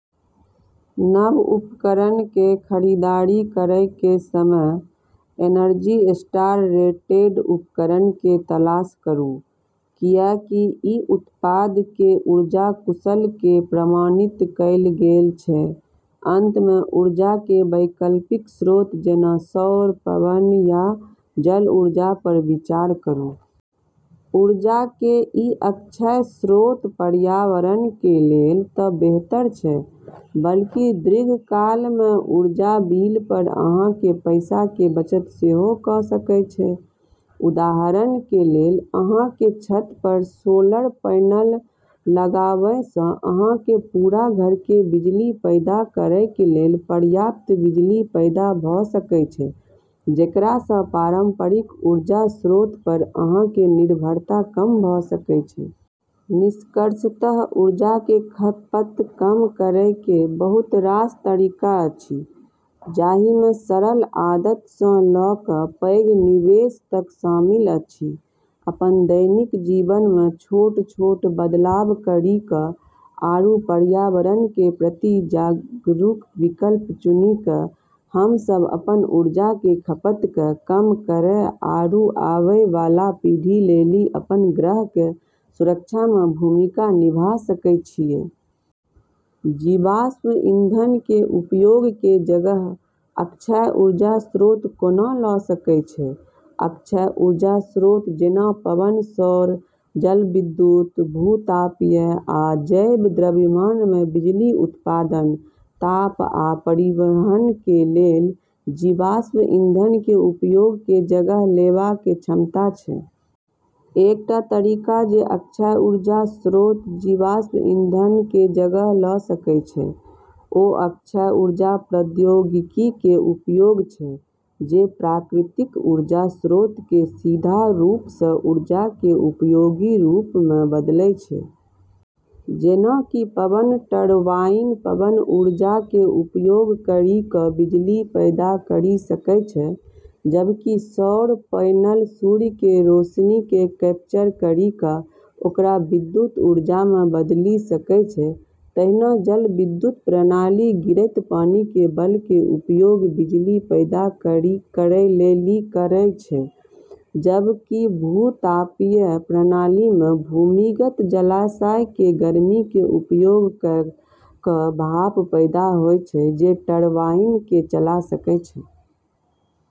नव उपकरण के खरीदारी करय के समय एनर्जी स्टार रेटेड उपकरण के तलाश करू, कियाकि ई उत्पाद के ऊर्जा कुशल के प्रमाणित कैल गेल छै। अंत मे ऊर्जा के वैकल्पिक स्रोत जेना सौर, पवन या जल ऊर्जा पर विचार करू। ऊर्जा के ई अक्षय स्रोत पर्यावरण के लेल तऽ बेहतर छै, बल्कि दीर्घकाल मे ऊर्जा बिल पर अहाँ के पैसा के बचत सेहो कऽ सकय छै। उदाहरण के लेल, अहाँ के छत पर सोलर पैनल लगावय सँ अहाँ के पूरा घर के बिजली पैदा करय के लेल पर्याप्त बिजली पैदा भऽ सकय छै, जेकरा सँ पारंपरिक ऊर्जा स्रोत पर अहाँ के निर्भरता कम भऽ सकय छै। निष्कर्षतः ऊर्जा के खपत कम करय के बहुत रास तरीका अछि, जाहि मे सरल आदत सँ लऽ कऽ पैघ निवेश तक शामिल अछि। अपन दैनिक जीवन मे छोट-छोट बदलाव करी कऽ, आरू पर्यावरण के प्रति जागरूक विकल्प चुनी कऽ, हम्मं सब ऊर्जा के खपत के कम करै आरू आबै वाला पीढ़ी लेली अपन ग्रह के सुरक्षा मे भूमिका निभा सकै छियै। जीवाश्म ईंधन के उपयोग के जगह अक्षय ऊर्जा स्रोत कोना लऽ सकय छै? अक्षय ऊर्जा स्रोत जेना पवन, सौर, जलविद्युत, भू-तापीय, आ जैव द्रव्यमान मे बिजली उत्पादन, ताप, आ परिवहन के लेल जीवाश्म ईंधन के उपयोग के जगह लेवा के क्षमता छै। एकटा तरीका जे अक्षय ऊर्जा स्रोत जीवाश्म ईंधन के जगह लऽ सकय छै, ओ अक्षय ऊर्जा प्रौद्योगिकी के उपयोग छै जे प्राकृतिक ऊर्जा स्रोत के सीधा रूप सँ ऊर्जा के उपयोगी रूप मे बदलै छै। जेना कि पवन टरबाइन पवन ऊर्जा के उपयोग करी कऽ बिजली पैदा करी सकै छै, जबकि सौर पैनल सूर्य के रोशनी के कैप्चर करी कऽ ओकरा विद्युत ऊर्जा मे बदली सकै छै। तहिना जलविद्युत प्रणाली गिरैत पानि के बल के उपयोग बिजली पैदा करै लेली करै छै, जबकि भू-तापीय प्रणाली मे भूमिगत जलाशय के गर्मी के उपयोग कए कऽ भाप पैदा होय छै जे टरबाइन के चला सकै छै।